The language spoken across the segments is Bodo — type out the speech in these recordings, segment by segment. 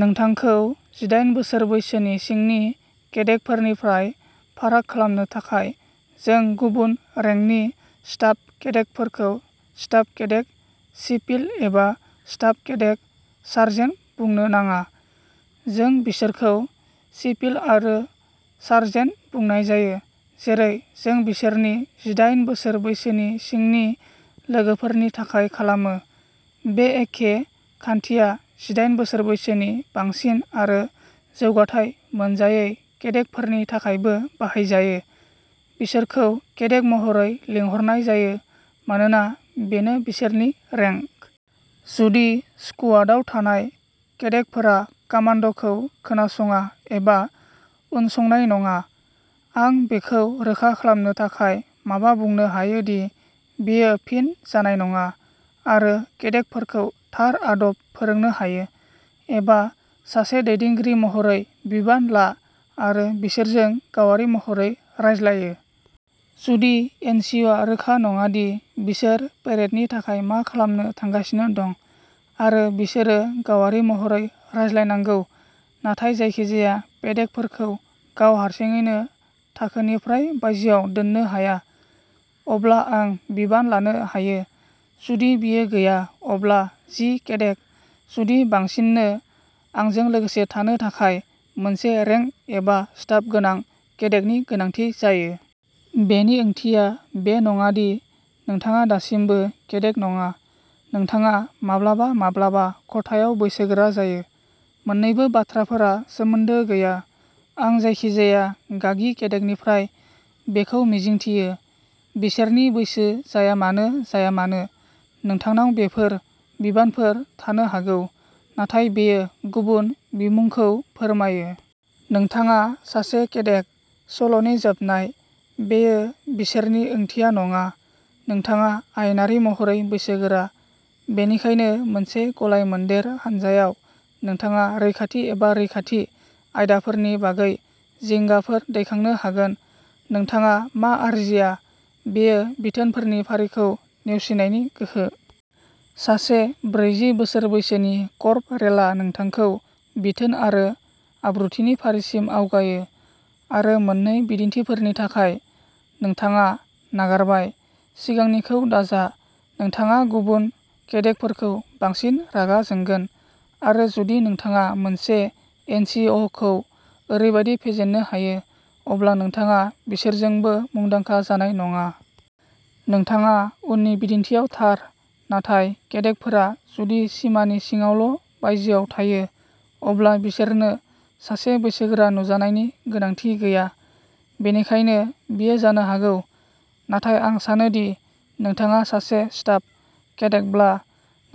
नोंथांखौ जिदायेन बोसोर बैसोनि सिंनि केडेटफोरनिफ्राय फाराग खालामनो थाखाय। जों गुबुन रेंकनि स्टाफ केडेटफोरखौ स्टाफ केडेट सिपिल एबा स्टाफ केडेट सार्जेन्ट बुंनो नाङा, जों बिसोरखौ सिपिल आरो सार्जेन्ट बुंनाय जायो जेरै जों बिसोरनि जिदायेन बोसोर बैसोनि सिंनि लोगोफोरनि थाखाय खालामो, बे एखे खान्थिया जिदायेन बोसोर बैसोनि बांसिन आरो जौगाथाइ मोनजायै केडेटफोरनि थाखायबो बाहायजायो, बिसोरखौ केडेट महरै लिंहरनाय जायो मानोना बेनो बिसोरनि रेंक। जुदि स्कुवादाव थानाय केडेटफोरा कामान्ड'खौ खोनासङा एबा उनसंनाय नङा, आं बेखौ रोखा खालामनो थाखाय माबा बुंनो हायो दि बेयो फिन जानाय नङा आरो केडेटफोरखौ थार आदब फोरोंनो हायो। एबा सासे दैदेनगिरि महरै बिबान ला आरो बिसोरजों गावारि महरै रायज्लायो। जुदि एनसिअ'आ रोखा नङा दि बिसोर पेरेडनि थाखाय मा खालामनो थांगासिनो दं आरो बिसोरो गावारि महरै रायज्लायनांगौ नाथाय जायखिजाया केडेटफोरखौ गाव हारसिङैनो थाखोनिफ्राय बायजोआव दोननो हाया, अब्ला आं बिबान लानो हायो। जुदि बेयो गैया अब्ला जि केडेट, जुदि बांसिननो आंजों लोगोसे थानो थाखाय मोनसे रेंक एबा स्टाफ गोनां केडेटनि गोनांथि जायो। बेनि ओंथिया बे नङा दि नोंथाङा दासिमबो केडेट नङा। नोंथाङा माब्लाबा माब्लाबा खथायाव बैसोगोरा जायो। मोन्नैबो बाथ्राफोरा सोमोन्दो गैया। आं जायखिजाया गागि केडेटनिफ्राय बेखौ मिजिंथियो, बिसोरनि बैसो जायामानो जाया मानो। नोंथांनाव बैफोर बिबानफोर थानो हागौ, नाथाय बेयो गुबुन बिमुंखौ फोरमायो। नोंथाङा सासे केडेट। सल'नि जोबनाय। बेयो बिसोरनि ओंथिया नङा। नोंथाङा आयेनारि महरै बैसोगोरा, बेनिखायनो मोनसे गलाय-मोनदेर हानजायाव नोंथाङा रैखाथि एबा रैखाथि आयदाफोरनि बागै जिंगाफोर दैखांनो हागोन। नोंथाङा मा आरजिया, बेयो बिथोननि फारिखौ नेवसिनायनि गोहो। सासे जिब्रै बोसोर बैसोनि कर्परेलआ नोंथांखौ बिथोन आरो आब्रुथिनि फारिसिम आवगायो। आरो मोन्नै बिदिन्थिफोरनि थाखाय। नोंथाङा नागारबाय, सिगांनिखौ दाजा। नोंथाङा गुबुन केडेटफोरखौ बांसिन रागा जोंगोन आरो जुदि नोंथाङा मोनसे एन सि अ खौ ओरैबायदि फेजेन्नो हायो अब्ला नोंथाङा बिसोरजोंबो मुंदांखा जानाय नङा। नोंथाङा उननि बिदिन्थिआव थार, नाथाय केडेटफोरा जुदि सिमानि सिङावल' बायजोआव थायो अब्ला बिसोरनो सासे बैसोगोरा नुजानायनि गोनांथि गैया। बेनिखायनो बेयो जानो हागौ। नाथाय आं सानो दि नोंथाङा सासे स्टाफ केडेटब्ला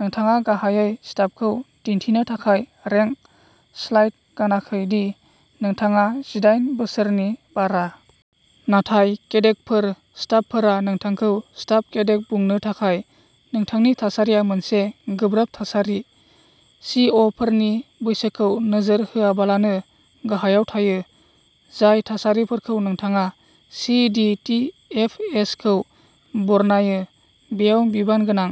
नोंथाङा गाहायै स्टाफखौ दिन्थिनो थाखाय रेंक स्लाइड गानाखै दि नोंथाङा जिदायेन बोसोरनि बारा। नाथाय केडेटफोर स्टाफफोरा नोंथांखौ स्टाफ केडेट बुंनो थाखाय नोंथांनि थासारिया मोनसे गोब्राब थासारि। सि अ फोरनि बैसोखौ नोजोर होआलाबानो गाहायाव थायो। जाय थासारिफोरखौ नोंथाङा C D T F S खौ बरनायो, बेयाव बिबान गोनां।